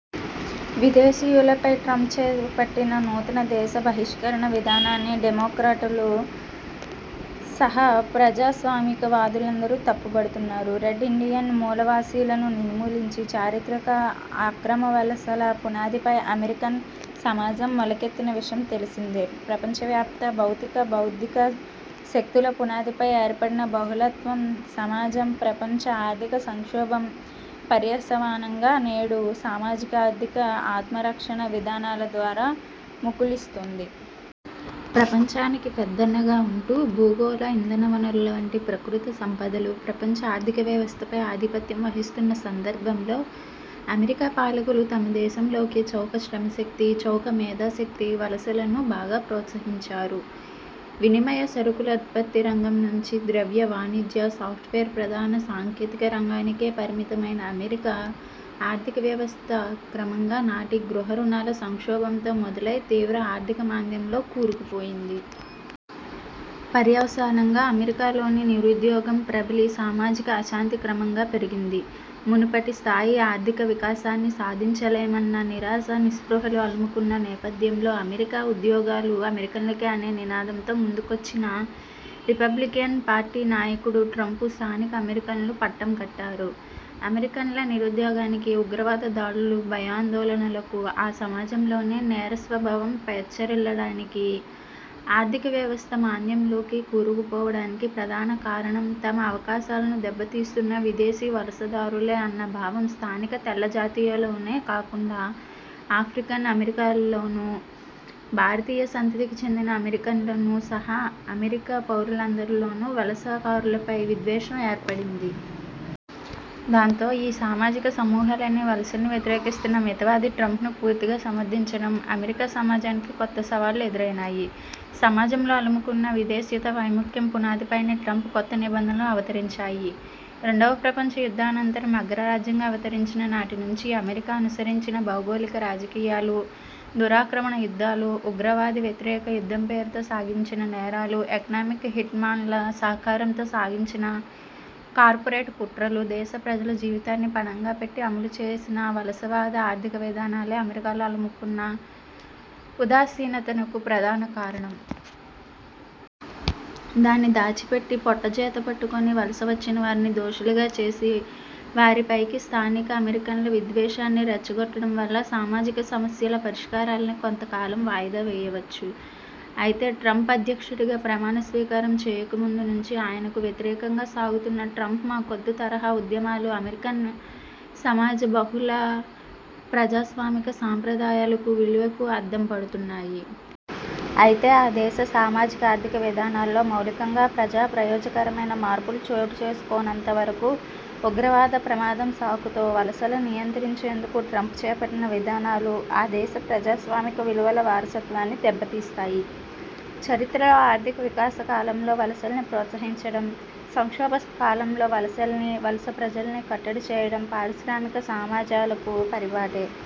విదేశీయులపై Trump చేపట్టిన నూతన దేశ బహిష్కరణ విధానాన్ని డెమోక్రాట్లు సహా ప్రజాస్వామికవాదులందరూ తప్పుపడుతున్నారు. రెడ్ ఇండియన్ మూలవాసీలను నిర్మూలించి, చారిత్రక అక్రమ వలసల పునాదిపై అమెరికన్ సమాజం మొలకెత్తిన విషయం తెలిసిందే. ప్రపంచవ్యాప్త భౌతిక, బౌద్ధిక శక్తుల పునాదిపై ఏర్పడిన బహళత్వం సమాజం ప్రపంచ ఆర్థిక సంక్షోభం పర్యవసానంగా నేడు సామాజికార్థిక ఆత్మరక్షణ విధానాల ద్వారా ముకుళిస్తోంది. ప్రపంచానికి పెద్దన్నగా ఉంటూ భూగోళ ఇంధనవనరుల వంటి ప్రకృతి సంపదలు, ప్రపంచ ఆర్థిక వ్యవస్థపై ఆధిపత్యం వహిస్తున్న సందర్భంలో అమెరికా పాలకులు తమ దేశంలోకి చౌక శ్రమశక్తి, చౌక మేధాశక్తి వలసలను బాగా ప్రోత్సహించారు. వినిమయ సరుకుల ఉత్పత్తి రంగం నుంచి ద్రవ్య వాణిజ్యం, సాఫ్ట్వేర్ ప్రధానంగా సాంకేతిక రంగానికే పరిమితమైన ఆమెరికా ఆర్థిక వ్యవస్థ క్రమంగా నాటి గృహ రుణాల సంక్షోభంతో మొదలై తీవ్ర ఆర్థిక మాంద్యంలో కూరుకుపోయింది. పర్యవసానంగా అమెరికాలో నిరుద్యోగం ప్రబలి సామాజిక అశాంతి క్రమంగా పెరిగింది. మునుపటి స్థాయి ఆర్థిక వికాసాన్ని సాధించలేమన్న నిరాశా నిస్పృహలు అలుముకున్న నేపథ్యంలో అమెరికా ఉద్యోగాలు 'అమెరికన్లకే అనే నినాదంతో ముందుకొచ్చిన' రిపబ్లికన్ పార్టీ నాయకుడు ట్రంప్కు స్థానిక అమెరికన్లు పట్టం కట్టారు. అమెరికన్ల నిరుద్యోగానికి, ఉగ్రవాద దాడుల భయాందోళనలకు, ఆ సమాజంలో నేర స్వభావం పెచ్చరిల్లడానికి, ఆర్థిక వ్యవస్థ మాంద్యంలోకి కూరుకుపోవడానికి ప్రధాన కారణం తమ అవకాశాలను దెబ్బతీస్తున్న విదేశీ వలసదారులే అన్న భావం స్థానిక తెల్ల జాతీయులలోనే కాకుండా, ఆఫ్రికన్ అమెరికన్లలోనూ, భారతీయ సంతతికి చెందిన అమెరికన్లు సహా అమెరికా పౌరులందరిలోనూ వలసకారులపై విద్వేషం ఏర్పడింది. దాంతో ఈ సామాజిక సమూహాలన్నీ వలసల్ని వ్యతిరేకిస్తున్న మితవాది ట్రంప్ను పూర్తిగా సమర్థించడం అమెరికా సమాజానికి కొత్త సవాళ్ళు ఎదురైనాయి. సమాజంలో అలుముకున్న విదేశీయతా వైముఖ్యం పునాదిపైనే ట్రంప్ కొత్త నిబంధనలు అవతరించాయి. రెండవ ప్రపంచ యుద్ధానంతరం అగ్రరాజ్యంగా అవతరించిన నాటి నుంచి అమెరికా అనుసరించిన భౌగోళిక రాజకీయాలు, దురాక్రమణ యుద్ధాలు, ఉగ్రవాద వ్యతిరేక యుద్ధం పేరుతో సాగించిన నేరాలు, ఎకనామిక్ హిట్ మాన్ల సహకారంతో సాగించిన కార్పొరేట్ కుట్రలు, దేశ ప్రజల జీవితాల్ని పణంగా పెట్టి అమలు చేసిన వలసవాద ఆర్థిక విధానాలే అమెరికాలో అలుముకున్న ఉదాసీనతకు ప్రధాన కారణం. దాన్ని దాచిపెట్టి పొట్టచేతబట్టుకుని వలస వచ్చినవారిని దోషులుగా చేసి, వారిపైకి స్థానిక అమెరికన్ల విద్వేషాన్ని రెచ్చగొట్టడం వల్ల సామాజిక సమస్యల పరిష్కారాల్ని కొంతకాలం వాయిదా వేయొచ్చు. అయితే ట్రంప్ అధ్యక్షుడిగా ప్రమాణ స్వీకారం చేయక ముందు నుంచి ఆయనకు వ్యతిరేకంగా సాగుతున్న 'ట్రంప్ మా కొద్దు' తరహా ఉద్యమాలు అమెరికా సమాజ బహుళ ప్రజాస్వామిక సాంప్రదాయాలకు, విలువలకు అద్దం పడుతున్నాయి. అయితే ఆ దేశ సామాజికార్థిక విధానాల్లో మౌలికంగా ప్రజా ప్రయోజనకరమైన మార్పులు చోటు చేసుకోనంత వరకు ఉగ్రవాద ప్రమాదం సాకుతో వలసల నియంత్రించేందుకు ట్రంప్ చేపట్టిన విధానాలు ఆ దేశ ప్రజాస్వామిక విలువల వారసత్వాన్ని దెబ్బతీస్తాయి. చరిత్రలో ఆర్థిక వికాస కాలంలో వలసల్ని ప్రోత్సహించడం, సంక్షోభ కాలంలో వలసల్ని, వలస ప్రజల్ని కట్టడి చేయడం పారిశ్రామిక సమాజాలకు పరిపాటే.